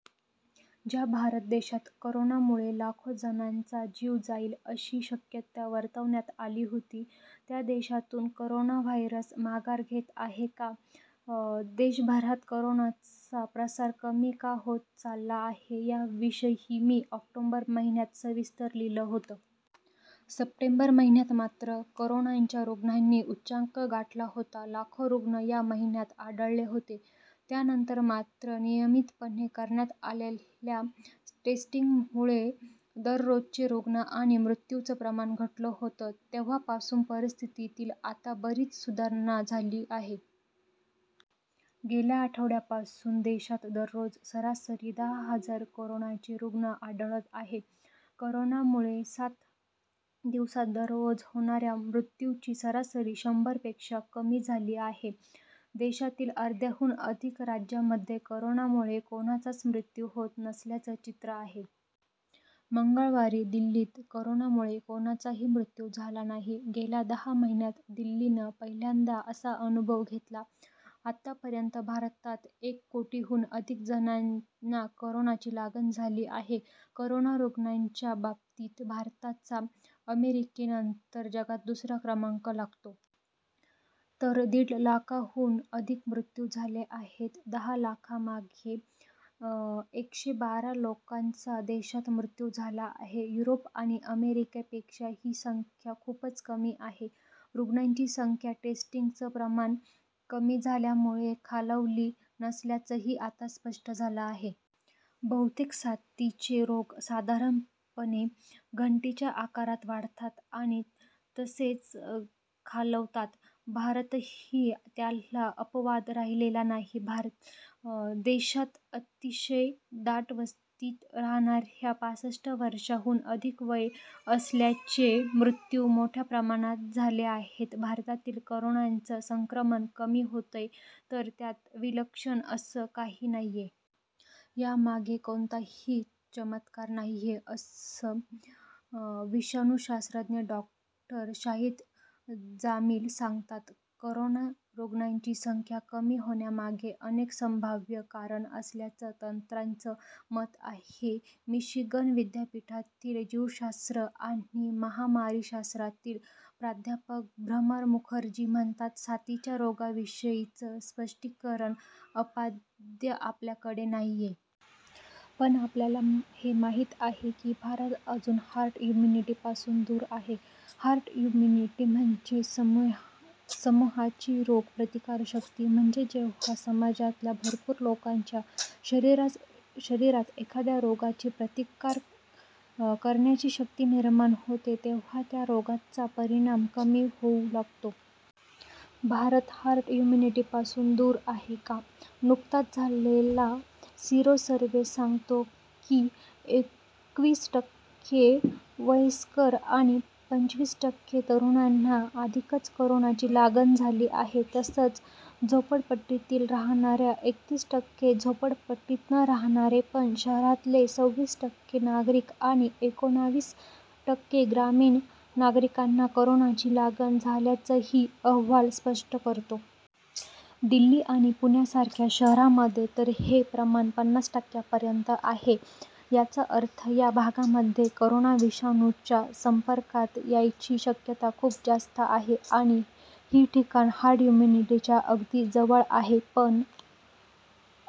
ज्या भारत देशात कोरोनामुळे लाखो जणांचा जीव जाईल, अशी शक्यता वर्तवण्यात आली होती, त्या देशातून कोरोना व्हायरस माघार घेत आहे का? देशभरात कोरोनाचा प्रसार कमी का होत चालला आहे, याविषयी मी ऑक्टोबर महिन्यात सविस्तर लिहिलं होतं. सप्टेंबर महिन्यात मात्र कोरोनाच्या रुग्णांनी उच्चांक गाठला होता. लाखो रुग्ण या महिन्यात आढळले होते. त्यानंतर मात्र नियमितपणे करण्यात आलेल्या टेस्टिंगमुळे दररोजचे रुग्ण आणि मृत्यूंचं प्रमाण घटलं होतं. तेव्हापासून परिस्थितीत आता बरीच सुधारणा झाली आहे. गेल्या आठवड्यापासून देशात दररोज सरासरी दहा हजार कोरोनाचे रुग्ण आढळत आहेत. कोरोनामुळे सात दिवसांत दररोज होणाऱ्या मृत्यूंची सरासरी शंभर पेक्षा कमी झाली आहे. देशातील अर्ध्याहून अधिक राज्यांमध्ये कोरोनामुळे कुणाचा मृत्यू होत नसल्याचं चित्र आहे. मंगळवारी दिल्लीत कोरोनामुळे कुणाचाही मृत्यू झाला नाही. गेल्या दहा महिन्यांत दिल्लीनं पहिल्यांदा असा अनुभव घेतला. आतापर्यंत भारतात एक कोटींहून अधिक जणांना कोरोनाची लागण झाली आहे. कोरोना रुग्णांच्या बाबतीत भारताचा अमेरिकेनंतर जगात दुसरा क्रमांक लागतो. तर दीड लाखांहून अधिक मृत्यू झाले आहेत. दहा लाखांमागे एकशे बारा जणांचा देशात मृत्यू झाला आहे. युरोप आणि अमेरिकापेक्षा ही संख्या खूपच कमी आहे. रुग्णांची संख्या टेस्टिंगचं प्रमाण कमी झाल्यामुळे खालावली नसल्याचंही आता स्पष्ट झालं आहे. बहुतेक साथीचे रोग साधारणपणे घंटीच्या आकारात वाढतात आणि तसेच खालावतात. भारतही त्याला अपवाद राहिलेला नाही. देशात अतिशय दाटवस्तीत राहणाऱ्या पासष्ट वर्षांहून अधिक वय असलेल्यांचे मृत्यू मोठ्या प्रमाणावर झाले आहेत. भारतातील कोरोनाचं संक्रमण कमी होतंय तर त्यात विलक्षण असं काही नाहीये. यामागे कोणताही चमत्कार नाहीये, असं विषाणूशास्त्रज्ञ डॉ. शाहीद जामील सांगतात. कोरोना रुग्णांची संख्या कमी होण्यामागे अनेक संभाव्य कारणं असल्याचं तज्ञांचं मत आहे. मिशिगन विद्यापीठातील जीवशास्त्र आणि महामारीशास्त्रातील प्राध्यापक भ्रमर मुखर्जी म्हणतात साथीच्या रोगाविषयीचं स्पष्टीकरण अद्याप आपल्याकडे नाहीये. पण आपल्याला हे माहिती आहे की भारत अजून हर्ड इम्यूनिटीपासून दूर आहे. हर्ड इम्युनिटी म्हणजे समूहाची रोग प्रतिकारकशक्ती. म्हणजे जेव्हा समाजातल्या भरपूर लोकांच्या शरीरात एखाद्या रोगाची प्रतिकार करण्याची शक्ती निर्माण होते, तेव्हा त्या रोगाचा परिणाम कमी होऊ लागतो. भारत हर्ड इम्यूनिटीपासून दूर का आहे? नुकताच झालेला सिरो सर्व्हे सांगतो की, एकवीस टक्के वयस्कर आणि पंचवीस टक्के तरुणांना आधीच कोरोनाची लागण झाली आहे. तसंच झोपडपट्टीत राहणारे एकत्तीस टक्के, झोपडपट्टीत न राहणारे पण शहरातले संविस टक्के नागरिक आणि एकोणविस टक्के ग्रामीण नागरिकांना कोरोनाची लागण झाल्याचंही अहवाल स्पष्ट करतो. दिल्ली आणि पुण्यासारख्या शहरांमध्ये तर हे प्रमाण पन्नास टक्क्यांपर्यंत आहे. याचा अर्थ या भागांमध्ये कोरोना विषाणूच्या संपर्कात यायची शक्यता खूप जास्त आहे आणि ही ठिकाणं हर्ड इम्यूनिटीच्या अगदी जवळ आहेत. पण